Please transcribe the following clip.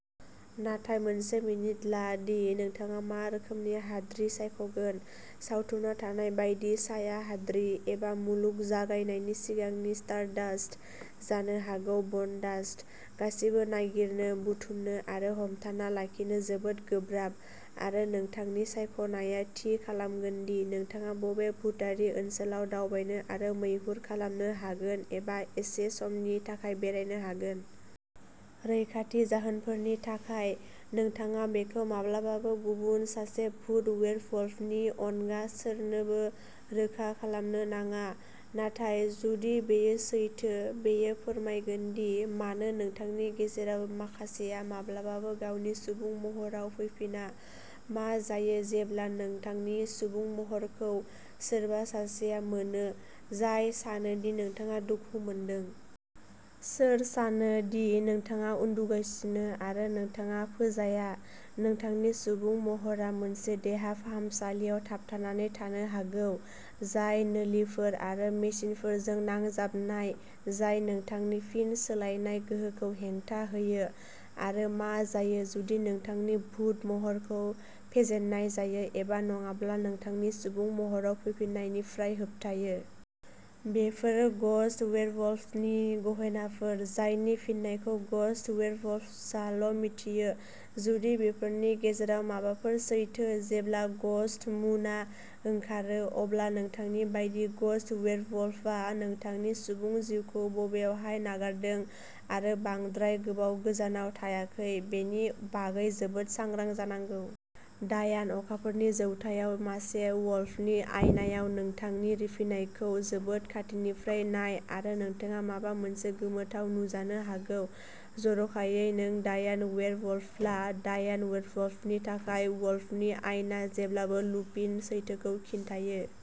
नाथाय मोनसे मिनिट ला दि नोंथाङा मा रोखोमनि हाद्रि सायखगोन? सावथुनाव थानाय बायदि साया हाद्रि? एबा मुलुग जागायनायनि सिगांनि स्टारडास्ट? जानो हागौ बनडास्ट? गासिबो नागिरनो, बुथुमनो आरो हमथाना लाखिनो जोबोद गोब्राब। आरो नोंथांनि सायख'नाया थि खालामगोन दि नोंथाङा बबे भुतारि ओनसोलाव दावबायनो आरो मैहुर खालामनो हागोन-एबा एसे समनि थाखाय बेरायनो हागोन। रैखाथि जाहोनफोरनि थाखाय, नोंथाङा बेखौ माब्लाबाबो गुबुन सासे भुत वेयरवुल्फनि अनगा सोरनोबो रोखा खालामनो नाङा, नाथाय जुदि बेयो सैथो, बेयो फोरमायगोन दि मानो नोंथांनि गेजेराव माखासेआ माब्लाबाबो गावनि सुबुं महराव फैफिना। मा जायो जेब्ला नोंथांनि सुबुं महरखौ सोरबा सासेआ मोनो जाय सानो दि नोंथाङा दुखु मोनदों? सोर सानो दि नोंथाङा उन्दुगासिनो आरो नोंथाङा फोजाया? नोंथांनि सुबुं महरआ मोनसे देहा फाहामसालियाव थाबथानानै थानो हागौ, जाय नोलिफोर आरो मेसिनफोरजों नांजाबनाय, जाय नोंथांनि फिन सोलायनाय गोहोखौ हेंथा होयो। आरो मा जायो जुदि नोंथांनि भुत महरखौ फेजेननाय जायो एबा नङाब्ला नोंथांनि सुबुं महराव फैफिन्नायनिफ्राय होबथायो? बेफोरो ग'स्ट वेयरवुल्व्सनि गहेनाफोर, जायनि फिननायखौ ग'स्ट वेयरवुल्व्सआल'मिथियो। जुदि बेफोरनि गेजेराव माबाफोर सैथो, जेब्ला ग'स्ट मुनआ ओंखारो, अब्ला नोंथांनि बायदि ग'स्ट वेयरवुल्वआ नोंथांनि सुबुं जिउखौ बबेयखवहाय नागारदों आरो बांद्राय गोबाव गोजानाव थायाखै बेनि बागै जोबोद सांग्रां जानांगौ। डायान अखाफोरनि जौथायाव मासे वुल्फनि आयनायाव नोंथांनि रिफिनायखौ जोबोद खाथिनिफ्राय नाय आरो नोंथाङा माबा मोनसे गोमोथाव नुजानो हागौ। जर'खायै नों डायान वेयरवुल्फब्ला। डायान वेयरवुल्फनि थाखाय, वुल्फनि आइना जेब्लाबो लुपिन सैथोखौ खिन्थायो।